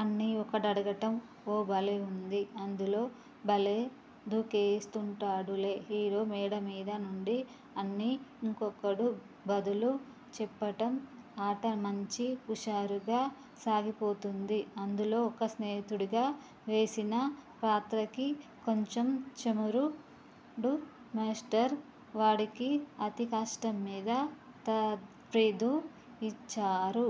అని ఒకడడగటం ఓ బలేవుంది. అందులో బలే దూకేస్తుంటాడులే హీరో, మేడ మీద నుంచి అని యింకొకడు బదులు చెప్పటం ఆట మంచి హుషారుగా సాగిపోతుంది. అందులో ఒక స్నేహితుడుగా వేసిన పాత్రదారికి కొంచెం చెముడు మేస్టారు వాడికి అతి కష్టం మీద తర్ఫీదు ఇచ్చారు.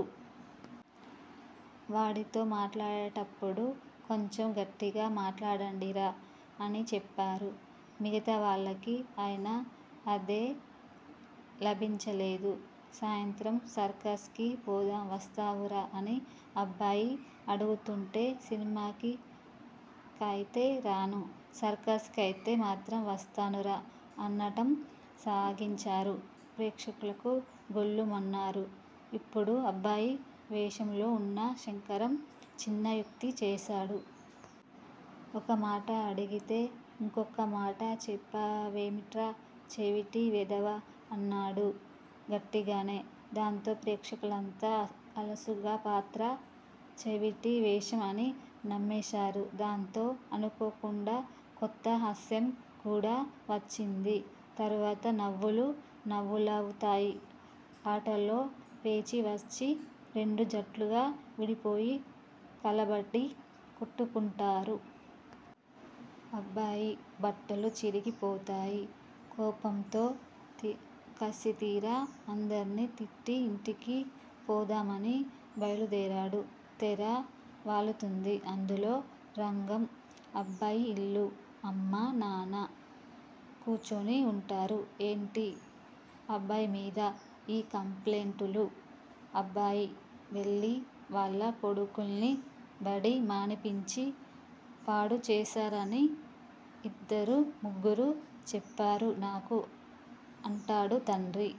వాడితో మాట్లాడేప్పుడు కొంచెం గట్టిగా మాట్లాడండిరా అని చెప్పారు మిగతావాళ్ళకి. అయినా అదేం లాభించలేదు. సాయంత్రం సర్కసుకి పోదాం వస్తావురా అని అబ్బాయి అడుగుతుంటే, సినిమాకయితే రాను. సర్కసుకైతే మాత్రం వస్తానురా అనటం సాగించాడు. ప్రేక్షకులు గొల్లుమన్నారు. ఇప్పుడు అబ్బాయి వేషంలో వున్న శంకరం చిన్న యుక్తి చేశాడు. ఒక మాట అడిగితే యింకో మాట చెప్తావేమిట్రా చెమిటి వెధవా? అన్నాడు గట్టిగానే. దాంతో ప్రేక్షకులంతా అసలాపాత్రే చెవిటి వేషం అని నమ్మేశారు. దాంతో అనుకోకుండా కొంత హాస్యం కూడా వచ్చింది. తరవాత నవ్వులు నవ్వులవుతాయి. ఆటల్లో పేచీ వస్తుంది. రెండు జట్లుగా విడిపోయి కలబడి కొట్టుకుంటారు. అబ్బాయి బట్టలు చిరిగిపోతాయి. కోప్మతో కసితీరా అందర్నీ తిట్టి ఇంటికి పోదామని బయల్దేరాడు. తెర వాలుతుంది. అయిదో రంగం: అబ్బాయి ఇల్లు. అమ్మా, నాన్న కూచుని వుంటారు. ఏమిటి అబ్బాయిమీద యీ రిపోర్టులు? అబ్బాయి వెళ్ళి వాళ్ళ కొడుకుల్ని బడి మానిపించి పాడు చేస్తున్నాడని యిద్దరు ముగ్గురు చెప్పారు నాకు అంటాడు తండ్రి.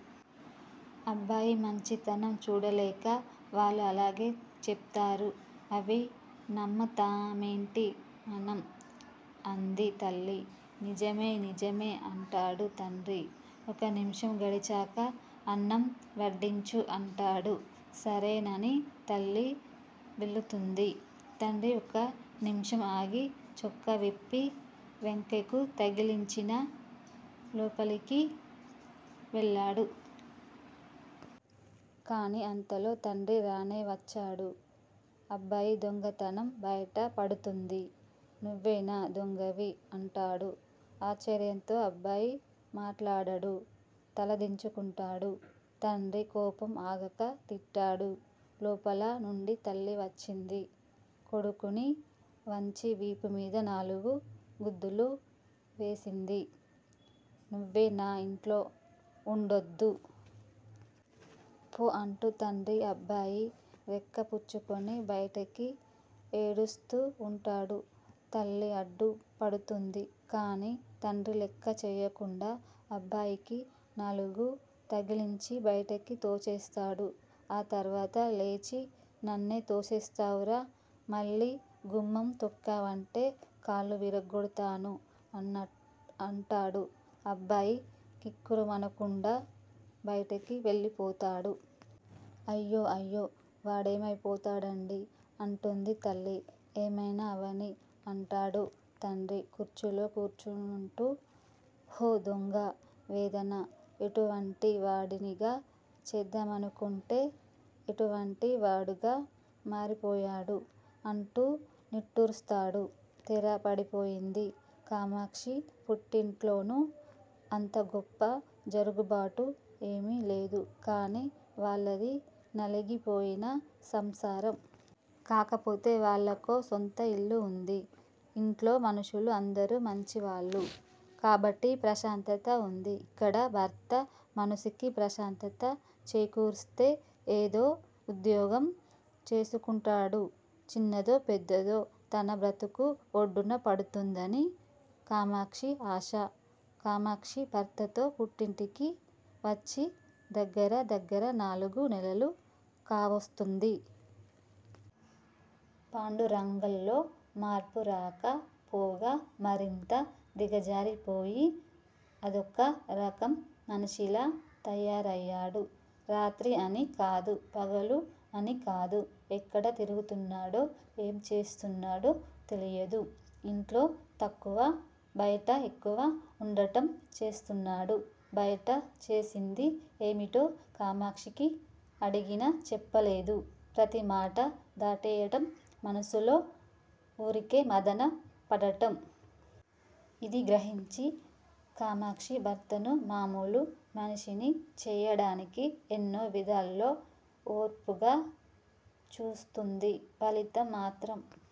అబ్బాయి మంచితనం చూడలేక వాళ్ళలాగే చెప్తారు. అవి నమ్ముతామేమిటి మనం? అంది తల్లి. నిజమే, నిజమే అంటాడు తండ్రి. ఒక నిముషం గడిచాక అన్నం వడ్డించు అంటాడు. సరేనని తల్లి వెళుతుంది. తండ్రి ఒక నిముషం ఆగి చొక్కా విప్పి వంకెకు తగిలించిన లోపలికి వెళ్ళాడు. కాని అంతలో తండ్రి రానే వస్తాడు. అబ్బాయి దొంగతనం బయట పడుతుంది. నువ్వేనా దొంగవీ? అంటాడు ఆశ్చర్యంతో అబ్బాయి మాట్లాడడు. తలవంచుకుంటాడు. తండ్రి కోపం ఆగక తిడతాడు. లోపల నుంచి తల్లి వస్తుంది. కొడుకుని వంచి వీపు మీద నాలుగు గుద్దులు వేస్తుంది. నువ్వు నా యింట్లో వుండొద్దు. ఫో అంటూ తండ్రి అబ్బాయి రెక్కపుచ్చుకుని బయటికి యీడుస్తూ వుంటాడు. తల్లి అడ్డు పడబోతుంది. కాని తండ్రి లెక్క చెయ్యకుండా అబ్బాయికి నాలుగు తగల్చిచ్చి బయటికి తోసేస్తాడు. ఆ తర్వాత లేచి నన్నే తోస్తావురా, మళ్ళీ గుమ్మం తొక్కావంటే కాళ్ళు విరగ్గొడతాను అంటాడు. అబ్బాయి కిక్కురుమనకుండా బయటికి వెళ్ళిపోతాడు. అయ్యో, అయ్యో వాడేమయిపోతాడండీ! అంటుంది తల్లి ఏమైనా అవనీ అంటాడు తండ్రి కుర్చీలో కూచుంటూ. హు దొంగ వెధవ! ఎటువంటి వాడినిగా చేద్దామనుకుంటే ఎటువంటి వాడుగా మారిపోయాడు! అంటూ నిట్టూరుస్తాడు. తెర పడిపోతుంది. కామాక్షి పుట్టింట్లోనూ అంతగొప్ప జరుగుబాటు ఏమీ లేదు కానీ వాళ్ళది నలిగిపోయిన సంసారం. కాకపోతే, వాళ్లకో సొంత ఇల్లు వుంది. ఇంట్లో మనుషులు అందరూ మంచివాళ్లు కాబట్టి ప్రశాంతత వుంది. ఇక్కడ, భర్త మనస్సుకి ప్రశాంతత చేకూరితే, ఏదో వుద్యోగం చూసుకుంటాడు. చిన్నదో పెద్దదో తన బ్రతుకు ఒడ్డున పడుతుందని, కామాక్షి ఆశ. కామాక్షి భర్తతో పుట్టింటికి వచ్చి, దగ్గర దగ్గర నాలుగు నెలలు కావస్తోంది! పాండురంగలో మార్పురాక పోగా, మరింత దిగజారిపోయి అదొక రకం మనిషిలా తయారయ్యాడు. రాత్రి అని కాదు పగలు అని కాదు ఎక్కడ తిరుగుతున్నాడో, ఏం చేస్తున్నాడో తెలియదు. ఇంట్లో తక్కువ, బయట ఎక్కువ వుండడం చేస్తున్నాడు. బయట చేస్తున్నది ఏమిటో కామాక్షి అడిగిన చెప్పలేదు. ప్రతి మాటా దాటేయటం, మనస్సులో వూరికే మధన పడటం. ఇది గ్రహించి, కామాక్షి భర్తను మామూలు మనిషిని చెయ్యడానికి ఎన్ని విధాలో ఓర్పుగా చూస్తోంది. ఫలితం మాత్రం